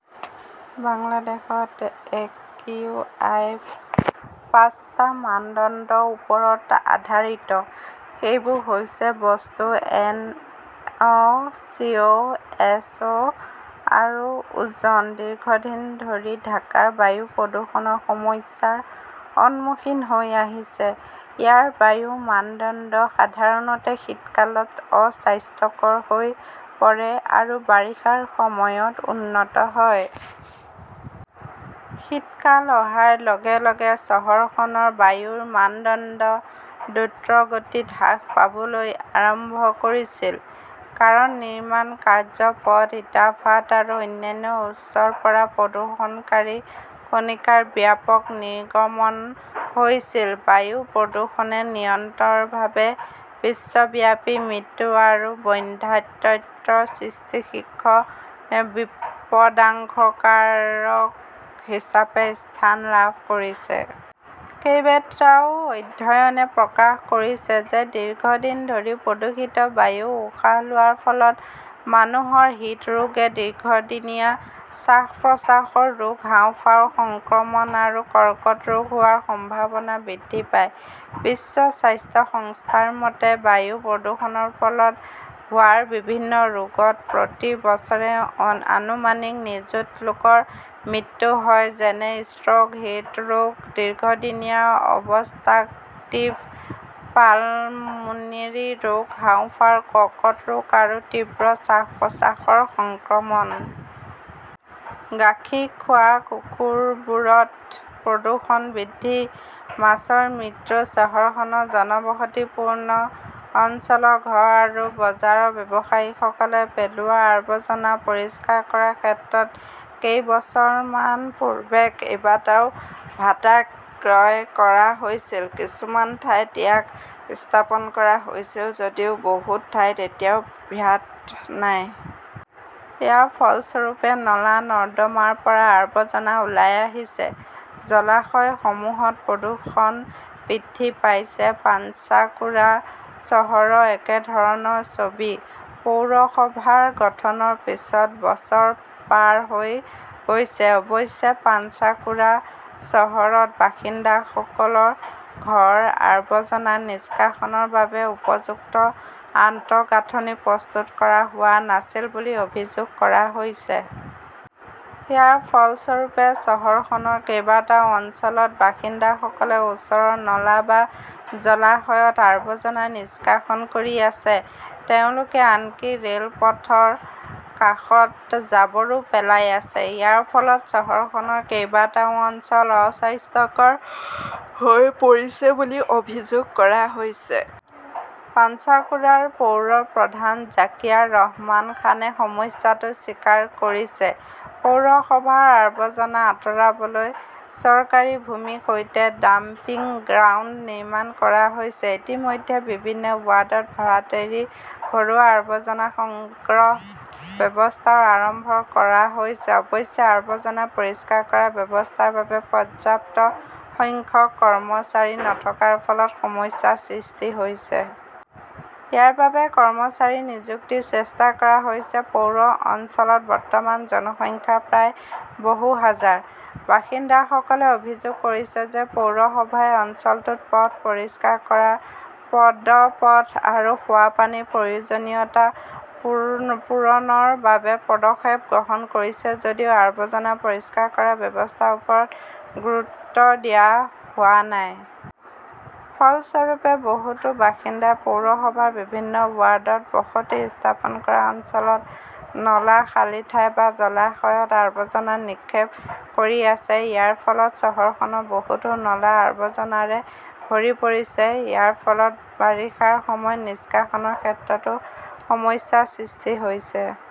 বাংলাদেশত একিউআই পাঁচটা মানদণ্ডৰ ওপৰত আধাৰিত। সেইবোৰ হৈছে-বস্তু, এনঅ, চিঅ, এছঅ, আৰু অ'জন। দীৰ্ঘদিন ধৰি ঢাকা বায়ু প্ৰদূষণৰ সমস্যাৰ সন্মুখীন হৈ আহিছে। ইয়াৰ বায়ুৰ মানদণ্ড সাধাৰণতে শীতকালত অস্বাস্থ্যকৰ হৈ পৰে আৰু বাৰিষাৰ সময়ত উন্নত হয়। শীতকাল অহাৰ লগে লগে চহৰখনৰ বায়ুৰ মানদণ্ড দ্ৰুতগতিত হ্ৰাস পাবলৈ আৰম্ভ কৰিছিল কাৰণ নিৰ্মাণ কাৰ্য্য, পথ, ইটাৰ ফাঁট আৰু অন্যান্য উৎসৰ পৰা প্ৰদূষণকাৰী কণিকাৰ ব্যাপক নিৰ্গমন হৈছিল। বায়ু প্ৰদূষণে নিৰন্তৰভাৱে বিশ্বব্যাপী মৃত্যু আৰু বন্ধ্যাত্বৰ সৃষ্টিৰ শীৰ্ষ বিপদাশংকাৰ কাৰক হিচাপে স্থান লাভ কৰিছে। কেইবাটাও অধ্যয়নে প্ৰকাশ কৰিছে যে দীৰ্ঘদিন ধৰি প্ৰদূষিত বায়ু উশাহ লোৱাৰ ফলত মানুহৰ হৃদৰোগ, দীৰ্ঘদিনীয়া শ্বাস-প্ৰশ্বাসৰ ৰোগ, হাঁওফাঁওৰ সংক্ৰমণ আৰু কৰ্কট ৰোগ হোৱাৰ সম্ভাৱনা বৃদ্ধি পায়। বিশ্ব স্বাস্থ্য সংস্থাৰ মতে, বায়ু প্ৰদূষণৰ ফলত হোৱা বিভিন্ন ৰোগত প্ৰতি বছৰে আনুমানিক নিযুত লোকৰ মৃত্যু হয়, যেনে ষ্ট্ৰোক, হৃদৰোগ, দীৰ্ঘদিনীয়া অবষ্ট্ৰাকটিভ পালমোনৰী ৰোগ, হাঁওফাঁওৰ কৰ্কট ৰোগ আৰু তীব্ৰ শ্বাস-প্ৰশ্বাসৰ সংক্ৰমণ। গাখীৰ খোৱা কুকুৰবোৰত প্ৰদূষণ বৃদ্ধি, মাছৰ মৃত্যু চহৰখনৰ জনবসতিপূৰ্ণ অঞ্চলৰ ঘৰ আৰু বজাৰৰ ব্যৱসায়ীসকলে পেলোৱা আৱৰ্জনা পৰিষ্কাৰ কৰাৰ ক্ষেত্ৰত কেইবছৰমান পূৰ্বে কেইবাটাও ভাটা ক্ৰয় কৰা হৈছিল। কিছুমান ঠাইত ইয়াক স্থাপন কৰা হৈছিল যদিও বহু ঠাইত এতিয়াও ভ্যাট নাই। ইয়াৰ ফলস্বৰূপে, নলা-নৰ্দমাৰ পৰা আৱৰ্জনা ওলাই আহিছে। জলাশয়সমূহত প্ৰদূষণ বৃদ্ধি পাইছে। পাঞ্চাকুড়া চহৰৰ একেধৰণৰ ছবি। পৌৰসভা গঠনৰ পিছত বছৰ পাৰ হৈ গৈছে। অৱশ্যে, পাঞ্চাকুড়া চহৰত বাসিন্দাসকলৰ ঘৰৰ আৱৰ্জনা নিষ্কাশনৰ বাবে উপযুক্ত আন্তঃগাঁথনি প্ৰস্তুত কৰা হোৱা নাছিল বুলি অভিযোগ কৰা হৈছে। ইয়াৰ ফলস্বৰূপে, চহৰখনৰ কেইবাটাও অঞ্চলত বাসিন্দাসকলে ওচৰৰ নলা বা জলাশয়ত আবৰ্জনা নিষ্কাশন কৰি আছে। তেওঁলোকে আনকি ৰে'লপথৰ কাষত জাবৰো পেলাই আছে। ইয়াৰ ফলত চহৰখনৰ কেইবাটাও অঞ্চল অস্বাস্থ্যকৰ হৈ পৰিছে বুলি অভিযোগ কৰা হৈছে। পাঞ্চাকুৰাৰ পৌৰ প্ৰধান জাকিয়াৰ ৰহমান খানে সমস্যাটো স্বীকাৰ কৰিছে। পৌৰসভাৰ আৱৰ্জনা আঁতৰাবলৈ চৰকাৰী ভূমিৰ সৈতে ডাম্পিং গ্ৰাউণ্ড নিৰ্মাণ কৰা হৈছে। ইতিমধ্যে বিভিন্ন ৱাৰ্ডত ভ্যাট এৰি ঘৰুৱা আৱৰ্জনা সংগ্ৰহ ব্যৱস্থাও আৰম্ভ কৰা হৈছে। অৱশ্যে, আৱৰ্জনা পৰিষ্কাৰ কৰা ব্যৱস্থাৰ বাবে পৰ্যাপ্ত সংখ্যক কৰ্মচাৰী নথকাৰ ফলত সমস্যাৰ সৃষ্টি হৈছে। ইয়াৰ বাবে কৰ্মচাৰী নিযুক্তিৰ চেষ্টা কৰা হৈছে। পৌৰ অঞ্চলত বৰ্তমান জনসংখ্যা প্ৰায় বহু হাজাৰ। বাসিন্দাসকলে অভিযোগ কৰিছে যে পৌৰসভাই অঞ্চলটোত পথ পৰিষ্কাৰ কৰা, পদপথ আৰু খোৱা পানীৰ প্ৰয়োজনীয়তা পূৰণৰ বাবে পদক্ষেপ গ্ৰহণ কৰিছে যদিও আৱৰ্জনা পৰিষ্কাৰ কৰা ব্যৱস্থাৰ ওপৰত গুৰুত্ব দিয়া হোৱা নাই। ফলস্বৰূপে, বহুতো বাসিন্দাই পৌৰসভাৰ বিভিন্ন ৱাৰ্ডত বসতি স্থাপন কৰা অঞ্চলত নলা, খালী ঠাই বা জলাশয়ত আৱৰ্জনা নিক্ষেপ কৰি আছে। ইয়াৰ ফলত চহৰখনৰ বহুতো নলা আৱৰ্জনাৰে ভৰি পৰিছে। ইয়াৰ ফলত বাৰিষাৰ সময়ত নিষ্কাশনৰ ক্ষেত্ৰতো সমস্যাৰ সৃষ্টি হৈছে।